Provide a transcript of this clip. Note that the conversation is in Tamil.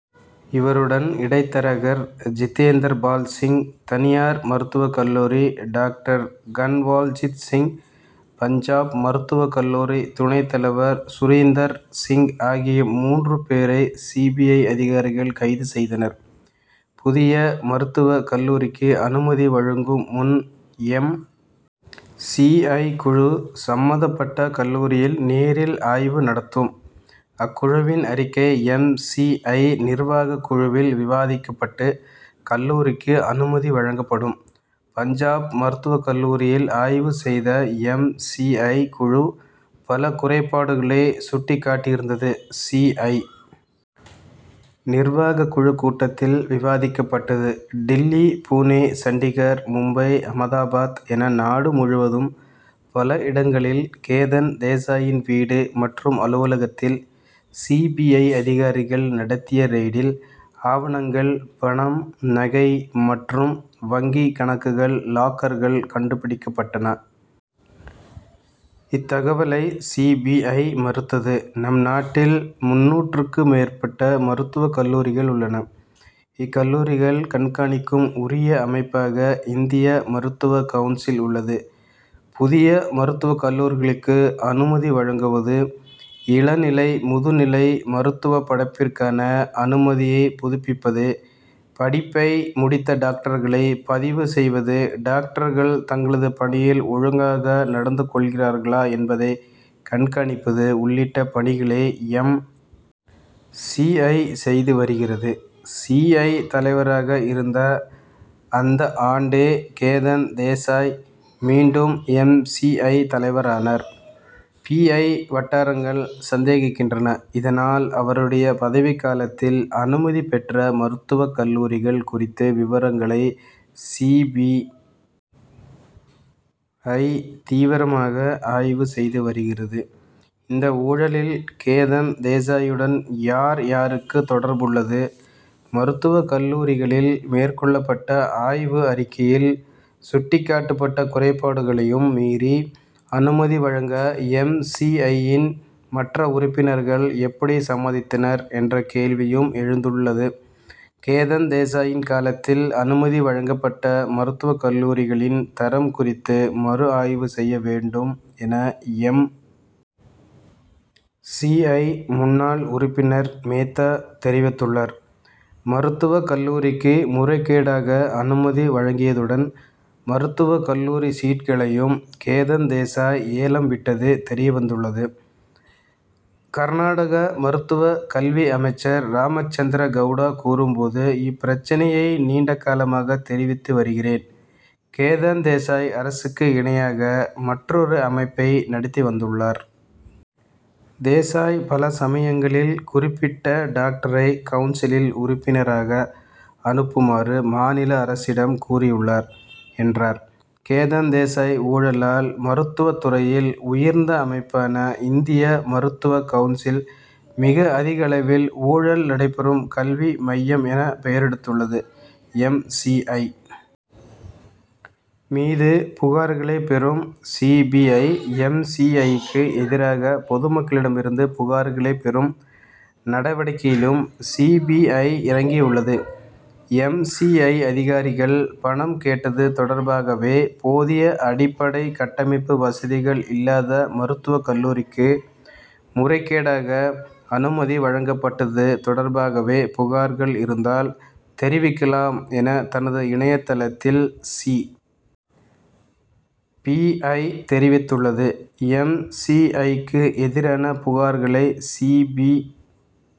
இவருடன் இடைத்தரகர் ஜிதேந்தர்பால் சிங் தனியார் மருத்துவக் கல்லூரி டாக்டர் கன்வல்ஜித் சிங் பஞ்சாப் மருத்துவக் கல்லூரி துணைத் தலைவர் சுரீந்தர் சிங் ஆகிய மூன்று பேரை சி. பி. ஐ. அதிகாரிகள் கைது செய்தனர். புதிய மருத்துவக் கல்லூரிக்கு அனுமதி வழங்கும் முன் எம். சி. ஐ. குழு சம்பந்தப்பட்ட கல்லூரியில் நேரில் ஆய்வு நடத்தும். அக்குழுவின் அறிக்கை எம். சி. ஐ. நிர்வாகக் குழுவில் விவாதிக்கப்பட்டு கல்லூரிக்கு அனுமதி வழங்கப்படும். பஞ்சாப் மருத்துவக் கல்லூரியில் ஆய்வு செய்த எம். சி. ஐ. குழு பல குறைபாடுகளை சுட்டிக்காட்டியிருந்தது. சி. ஐ. நிர்வாகக் குழு கூட்டத்தில் விவாதிக்கப்பட்டது. டில்லி புனே சண்டிகர் மும்பை ஆமதாபாத் என நாடு முழுவதும் பல இடங்களில் கேதன் தேசாயின் வீடு மற்றும் அலுவலகத்தில் சி. பி. ஐ. அதிகாரிகள் நடத்திய ரெய்டில் ஆவணங்கள் பணம் நகை மற்றும் வங்கிக் கணக்குகள் லாக்கர்கள் கண்டுபிடிக்கப்பட்டன. இத்தகவலை சி. பி. ஐ. மறுத்தது. நம் நாட்டில் முந்நூறுக்கும் மேற்பட்ட மருத்துவக் கல்லூரிகள் உள்ளன. இக்கல்லூரிகளைக் கண்காணிக்கும் உயரிய அமைப்பாக இந்திய மருத்துவக் கவுன்சில் உள்ளது. புதிய மருத்துவக் கல்லூரிகளுக்கு அனுமதி வழங்குவது இளநிலை முதுநிலை மருத்துவப் படிப்பிற்கான அனுமதியை புதுப்பிப்பது படிப்பை முடித்த டாக்டர்களை பதிவு செய்வது டாக்டர்கள் தங்களது பணியில் ஒழுங்காக நடந்துகொள்கிறார்களா என்பதை கண்காணிப்பது உள்ளிட்ட பணிகளை எம். சி. ஐ. செய்து வருகிறது. சி. ஐ. தலைவராக இருந்தார். அந்த ஆண்டே கேதன் தேசாய் மீண்டும் எம். சி. ஐ. தலைவரானார். பி. ஐ. வட்டாரங்கள் சந்தேகிக்கின்றன. இதனால் அவருடைய பதவிக் காலத்தில் அனுமதி பெற்ற மருத்துவக் கல்லூரிகள் குறித்த விவரங்களை சி. பி. ஐ. தீவிரமாக ஆய்வு செய்து வருகிறது. இந்த ஊழலில் கேதன் தேசாயுடன் யார் யாருக்கு தொடர்புள்ளது மருத்துவக் கல்லூரிகளில் மேற்கொள்ளப்பட்ட ஆய்வு அறிக்கையில் சுட்டிக்காட்டப்பட்ட குறைபாடுகளையும் மீறி அனுமதி வழங்க எம். சி. ஐ.யின் மற்ற உறுப்பினர்கள் எப்படி சம்மதித்தனர் என்ற கேள்வியும் எழுந்துள்ளது. கேதன் தேசாய் காலத்தில் அனுமதி வழங்கப்பட்ட மருத்துவக் கல்லூரிகளின் தரம் குறித்த மறுஆய்வு செய்ய வேண்டும் என எம். சி. ஐ. முன்னாள் உறுப்பினர் மேத்தா தெரிவித்துள்ளார். மருத்துவக் கல்லூரிகளுக்கு முறைகேடாக அனுமதி வழங்கியதுடன் மருத்துவக் கல்லூரி சீட்களையும் கேதன் தேசாய் ஏலம் விட்டது தெரியவந்துள்ளது. கர்நாடக மருத்துவக் கல்வி அமைச்சர் ராமச்சந்திர கவுடா கூறும்போது இப்பிரச்னையை நீண்டகாலமாக தெரிவித்து வருகிறேன். கேதன் தேசாய் அரசுக்கு இணையாக மற்றொரு அமைப்பை நடத்தி வந்துள்ளார். தேசாய் பல சமயங்களில் குறிப்பிட்ட டாக்டரை கவுன்சில் உறுப்பினராக அனுப்புமாறு மாநில அரசிடம் கூறியுள்ளார் என்றார். கேதன் தேசாய் ஊழலால் மருத்துவத் துறையில் உயர்ந்த அமைப்பான இந்திய மருத்துவக் கவுன்சில் மிக அதிகளவில் ஊழல் நடைபெறும் கல்வி மையம் என பெயரெடுத்துள்ளது. எம். சி. ஐ. மீது புகார்களை பெறும் C. B. I. M. C. ஐ.க்கு எதிராக பொதுமக்களிடமிருந்து புகார்களை பெறும் நடவடிக்கையிலும் சி. பி. ஐ. இறங்கியுள்ளது. எம். சி. ஐ. அதிகாரிகள் பணம் கேட்டது தொடர்பாகவோ போதிய அடிப்படை கட்டமைப்பு வசதிகள் இல்லாத மருத்துவக் கல்லூரிக்கு முறைகேடாக அனுமதி வழங்கப்பட்டது தொடர்பாகவோ புகார்கள் இருந்தால் தெரிவிக்கலாம் என தனது இணையதளத்தில் சி. பி. ஐ. தெரிவித்துள்ளது. எம். சி. ஐ.க்கு எதிரான புகார்களை சி. பி.